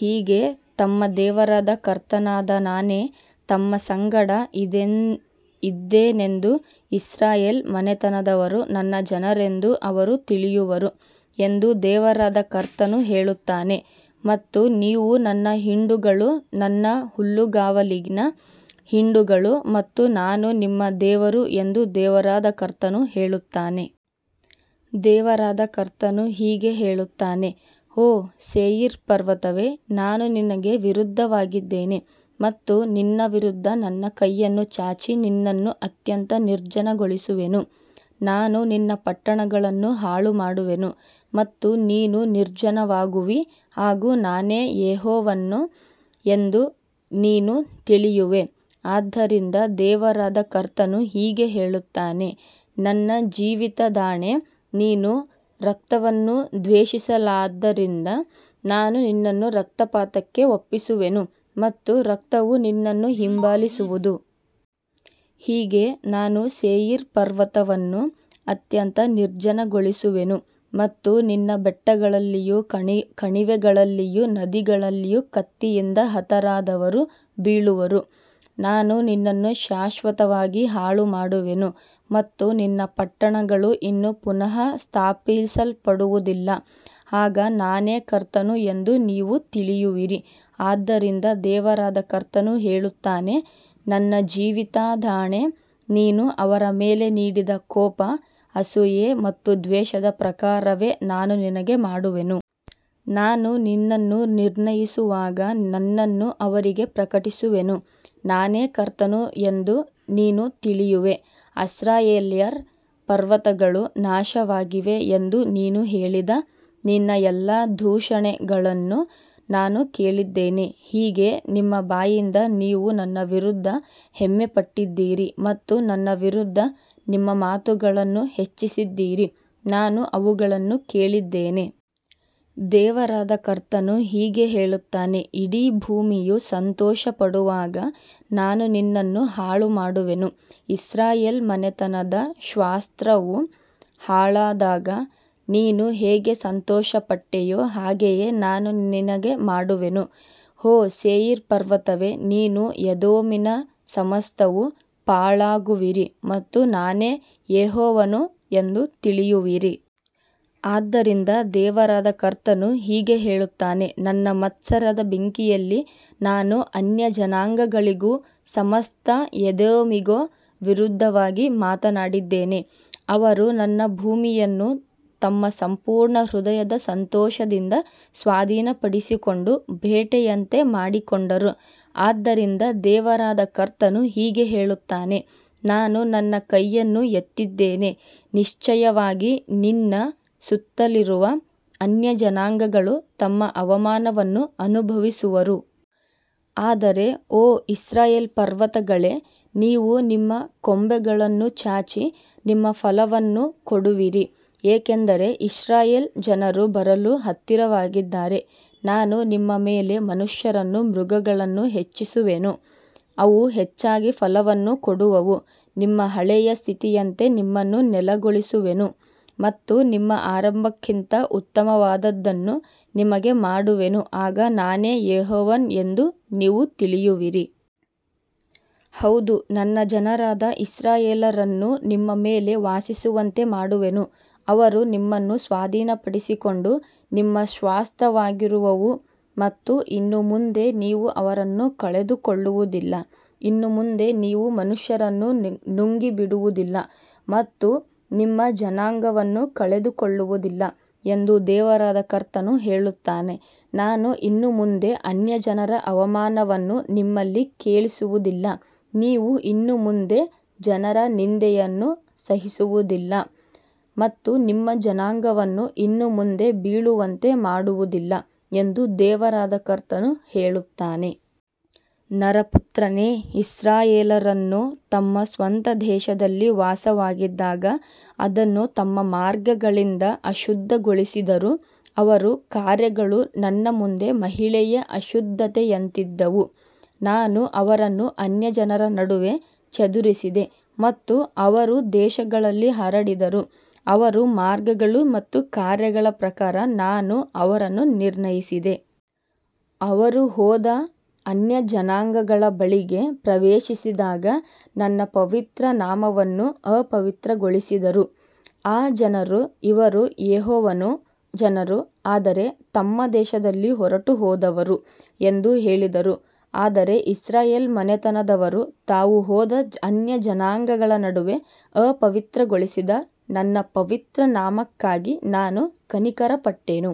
ಹೀಗೆ ತಮ್ಮ ದೇವರಾದ ಕರ್ತನಾದ ನಾನೇ ತಮ್ಮ ಸಂಗಡ ಇದ್ದೇನೆಂದೂ ಇಸ್ರಾಯೇಲ್ ಮನೆತನದವರೂ ನನ್ನ ಜನರೆಂದೂ ಅವರು ತಿಳಿಯುವರು ಎಂದು ದೇವರಾದ ಕರ್ತನು ಹೇಳುತ್ತಾನೆ. ಮತ್ತು ನೀವು ನನ್ನ ಹಿಂಡುಗಳು, ನನ್ನ ಹುಲ್ಲುಗಾವಲಿನ ಹಿಂಡುಗಳು ಮತ್ತು ನಾನು ನಿಮ್ಮ ದೇವರು ಎಂದು ದೇವರಾದ ಕರ್ತನು ಹೇಳುತ್ತಾನೆ. ದೇವರಾದ ಕರ್ತನು ಹೀಗೆ ಹೇಳುತ್ತಾನೆ, ಓ ಸೇಯಿರ್ ಪರ್ವತವೇ, ನಾನು ನಿನಗೆ ವಿರುದ್ಧವಾಗಿದ್ದೇನೆ ಮತ್ತು ನಿನ್ನ ವಿರುದ್ಧ ನನ್ನ ಕೈಯನ್ನು ಚಾಚಿ ನಿನ್ನನ್ನು ಅತ್ಯಂತ ನಿರ್ಜನಗೊಳಿಸುವೆನು. ನಾನು ನಿನ್ನ ಪಟ್ಟಣಗಳನ್ನು ಹಾಳುಮಾಡುವೆನು ಮತ್ತು ನೀನು ನಿರ್ಜನವಾಗುವಿ, ಆಗ ನಾನೇ ಯೆಹೋವನು ಎಂದು ನೀನು ತಿಳಿಯುವೆ. ಆದ್ದರಿಂದ ದೇವರಾದ ಕರ್ತನು ಹೀಗೆ ಹೇಳುತ್ತಾನೆ, ನನ್ನ ಜೀವಿತದಾಣೆ, ನೀನು ರಕ್ತವನ್ನು ದ್ವೇಷಿಸಲಿಲ್ಲವಾದ್ದರಿಂದ ನಾನು ನಿನ್ನನ್ನು ರಕ್ತಪಾತಕ್ಕೆ ಒಪ್ಪಿಸುವೆನು ಮತ್ತು ರಕ್ತವು ನಿನ್ನನ್ನು ಹಿಂಬಾಲಿಸುವುದು. ಹೀಗೆ ನಾನು ಸೇಯಿರ್ ಪರ್ವತವನ್ನು ಅತ್ಯಂತ ನಿರ್ಜನಗೊಳಿಸುವೆನು ಮತ್ತು ನಿನ್ನ ಬೆಟ್ಟಗಳಲ್ಲಿಯೂ ಕಣಿವೆಗಳಲ್ಲಿಯೂ ನದಿಗಳಲ್ಲಿಯೂ ಕತ್ತಿಯಿಂದ ಹತರಾದವರು ಬೀಳುವರು. ನಾನು ನಿನ್ನನ್ನು ಶಾಶ್ವತವಾಗಿ ಹಾಳುಮಾಡುವೆನು ಮತ್ತು ನಿನ್ನ ಪಟ್ಟಣಗಳು ಇನ್ನು ಪುನಃ ಸ್ಥಾಪಿಸಲ್ಪಡುವುದಿಲ್ಲ, ಆಗ ನಾನೇ ಕರ್ತನು ಎಂದು ನೀವು ತಿಳಿಯುವಿರಿ. ಆದ್ದರಿಂದ ದೇವರಾದ ಕರ್ತನು ಹೇಳುತ್ತಾನೆ, ನನ್ನ ಜೀವಿತದಾಣೆ, ನೀನು ಅವರ ಮೇಲೆ ಮಾಡಿದ ಕೋಪ, ಅಸೂಯೆ ಮತ್ತು ದ್ವೇಷದ ಪ್ರಕಾರವೇ ನಾನು ನಿನಗೆ ಮಾಡುವೆನು. ನಾನು ನಿನ್ನನ್ನು ನಿರ್ಣಯಿಸುವಾಗ ನನ್ನನ್ನು ಅವರಿಗೆ ಪ್ರಕಟಿಸುವೆನು. ನಾನೇ ಕರ್ತನು ಎಂದು ನೀನು ತಿಳಿಯುವೆ. ಇಸ್ರಾಯೇಲ್ಯರ ಪರ್ವತಗಳು ನಾಶವಾಗಿವೆ ಎಂದು ನೀನು ಹೇಳಿದ ನಿನ್ನ ಎಲ್ಲಾ ದೂಷಣೆಗಳನ್ನು ನಾನು ಕೇಳಿದ್ದೇನೆ. ಹೀಗೆ ನಿಮ್ಮ ಬಾಯಿಂದ ನೀವು ನನ್ನ ವಿರುದ್ಧ ಹೆಮ್ಮೆಪಟ್ಟಿದ್ದೀರಿ ಮತ್ತು ನನ್ನ ವಿರುದ್ಧ ನಿಮ್ಮ ಮಾತುಗಳನ್ನು ಹೆಚ್ಚಿಸಿದ್ದೀರಿ, ನಾನು ಅವುಗಳನ್ನು ಕೇಳಿದ್ದೇನೆ. ದೇವರಾದ ಕರ್ತನು ಹೀಗೆ ಹೇಳುತ್ತಾನೆ, ಇಡೀ ಭೂಮಿಯು ಸಂತೋಷಪಡುವಾಗ ನಾನು ನಿನ್ನನ್ನು ಹಾಳುಮಾಡುವೆನು. ಇಸ್ರಾಯೇಲ್ ಮನೆತನದ ಸ್ವಾಸ್ತ್ಯವು ಹಾಳಾದಾಗ ನೀನು ಹೇಗೆ ಸಂತೋಷಪಟ್ಟೆಯೋ ಹಾಗೆಯೇ ನಾನು ನಿನಗೆ ಮಾಡುವೆನು. ಓ ಸೇಯಿರ್ ಪರ್ವತವೇ, ನೀನೂ ಎದೋಮಿನ ಸಮಸ್ತವೂ ಪಾಳಾಗುವಿರಿ ಮತ್ತು ನಾನೇ ಯೆಹೋವನು ಎಂದು ತಿಳಿಯುವರು. ಆದ್ದರಿಂದ ದೇವರಾದ ಕರ್ತನು ಹೀಗೆ ಹೇಳುತ್ತಾನೆ, ನನ್ನ ಮತ್ಸರದ ಬೆಂಕಿಯಲ್ಲಿ ನಾನು ಅನ್ಯಜನಾಂಗಗಳಿಗೂ ಸಮಸ್ತ ಎದೋಮಿಗೂ ವಿರುದ್ಧವಾಗಿ ಮಾತನಾಡಿದ್ದೇನೆ. ಅವರು ನನ್ನ ಭೂಮಿಯನ್ನು ತಮ್ಮ ಸಂಪೂರ್ಣ ಹೃದಯದ ಸಂತೋಷದಿಂದ ಸ್ವಾಧೀನಪಡಿಸಿಕೊಂಡು ಬೇಟೆಯಂತೆ ಮಾಡಿಕೊಂಡರು. ಆದ್ದರಿಂದ ದೇವರಾದ ಕರ್ತನು ಹೀಗೆ ಹೇಳುತ್ತಾನೆ, ನಾನು ನನ್ನ ಕೈಯನ್ನು ಎತ್ತಿದ್ದೇನೆ, ನಿಶ್ಚಯವಾಗಿ ನಿನ್ನ ಸುತ್ತಲಿರುವ ಅನ್ಯಜನಾಂಗಗಳು ತಮ್ಮ ಅವಮಾನವನ್ನು ಅನುಭವಿಸುವರು. ಆದರೆ ಓ ಇಸ್ರಾಯೇಲ್ ಪರ್ವತಗಳೇ, ನೀವು ನಿಮ್ಮ ಕೊಂಬೆಗಳನ್ನು ಚಾಚಿ ನಿಮ್ಮ ಫಲವನ್ನು ಕೊಡುವಿರಿ, ಏಕೆಂದರೆ ಇಸ್ರಾಯೇಲ್ ಜನರು ಬರಲು ಹತ್ತಿರವಾಗಿದ್ದಾರೆ. ನಾನು ನಿಮ್ಮ ಮೇಲೆ ಮನುಷ್ಯರನ್ನೂ ಮೃಗಗಳನ್ನೂ ಹೆಚ್ಚಿಸುವೆನು, ಅವು ಹೆಚ್ಚಾಗಿ ಫಲವನ್ನು ಕೊಡುವವು. ನಿಮ್ಮ ಹಳೆಯ ಸ್ಥಿತಿಯಂತೆ ನಿಮ್ಮನ್ನು ನೆಲೆಗೊಳಿಸುವೆನು ಮತ್ತು ನಿಮ್ಮ ಆರಂಭಕ್ಕಿಂತ ಉತ್ತಮವಾದದ್ದನ್ನು ನಿಮಗೆ ಮಾಡುವೆನು, ಆಗ ನಾನೇ ಯೆಹೋವನು ಎಂದು ನೀವು ತಿಳಿಯುವಿರಿ. ಹೌದು, ನನ್ನ ಜನರಾದ ಇಸ್ರಾಯೇಲ್ಯರನ್ನು ನಿಮ್ಮ ಮೇಲೆ ವಾಸಿಸುವಂತೆ ಮಾಡುವೆನು. ಅವರು ನಿಮ್ಮನ್ನು ಸ್ವಾಧೀನಪಡಿಸಿಕೊಂಡು ನಿಮ್ಮ ಸ್ವಾಸ್ತ್ಯವಾಗಿರುವರು ಮತ್ತು ಇನ್ನು ಮುಂದೆ ನೀವು ಅವರನ್ನು ಕಳೆದುಕೊಳ್ಳುವುದಿಲ್ಲ. ಇನ್ನು ಮುಂದೆ ನೀವು ಮನುಷ್ಯರನ್ನು ನುಂಗಿಬಿಡುವುದಿಲ್ಲ ಮತ್ತು ನಿಮ್ಮ ಜನಾಂಗವನ್ನು ಕಳೆದುಕೊಳ್ಳುವುದಿಲ್ಲ ಎಂದು ದೇವರಾದ ಕರ್ತನು ಹೇಳುತ್ತಾನೆ. ನಾನು ಇನ್ನು ಮುಂದೆ ಅನ್ಯಜನರ ಅವಮಾನವನ್ನು ನಿಮ್ಮಲ್ಲಿ ಕೇಳಿಸುವುದಿಲ್ಲ, ನೀವು ಇನ್ನು ಮುಂದೆ ಜನರ ನಿಂದೆಯನ್ನು ಸಹಿಸುವುದಿಲ್ಲ ಮತ್ತು ನಿಮ್ಮ ಜನಾಂಗವನ್ನು ಇನ್ನು ಮುಂದೆ ಬೀಳುವಂತೆ ಮಾಡುವುದಿಲ್ಲ ಎಂದು ದೇವರಾದ ಕರ್ತನು ಹೇಳುತ್ತಾನೆ. ನರಪುತ್ರನೇ, ಇಸ್ರಾಯೇಲ್ಯರು ತಮ್ಮ ಸ್ವಂತ ದೇಶದಲ್ಲಿ ವಾಸವಾಗಿದ್ದಾಗ ಅದನ್ನು ತಮ್ಮ ಮಾರ್ಗಗಳಿಂದ ಅಶುದ್ಧಗೊಳಿಸಿದರು. ಅವರ ಕಾರ್ಯಗಳು ನನ್ನ ಮುಂದೆ ಮಹಿಳೆಯ ಅಶುದ್ಧತೆಯಂತಿದ್ದವು. ನಾನು ಅವರನ್ನು ಅನ್ಯಜನರ ನಡುವೆ ಚದುರಿಸಿದೆ ಮತ್ತು ಅವರು ದೇಶಗಳಲ್ಲಿ ಹರಡಿದರು. ಅವರ ಮಾರ್ಗಗಳು ಮತ್ತು ಕಾರ್ಯಗಳ ಪ್ರಕಾರ ನಾನು ಅವರನ್ನು ನಿರ್ಣಯಿಸಿದೆ. ಅವರು ಹೋದ ಅನ್ಯಜನಾಂಗಗಳ ಬಳಿಗೆ ಪ್ರವೇಶಿಸಿದಾಗ ನನ್ನ ಪವಿತ್ರ ನಾಮವನ್ನು ಅಪವಿತ್ರಗೊಳಿಸಿದರು. ಆ ಜನರು, ಇವರು ಯೆಹೋವನ ಜನರು, ಆದರೆ ತಮ್ಮ ದೇಶದಿಂದ ಹೊರಟುಹೋದವರು ಎಂದು ಹೇಳಿದರು. ಆದರೆ ಇಸ್ರಾಯೇಲ್ ಮನೆತನದವರು ತಾವು ಹೋದ ಅನ್ಯಜನಾಂಗಗಳ ನಡುವೆ ಅಪವಿತ್ರಗೊಳಿಸಿದ ನನ್ನ ಪವಿತ್ರ ನಾಮಕ್ಕಾಗಿ ನಾನು ಕನಿಕರಪಟ್ಟೆನು.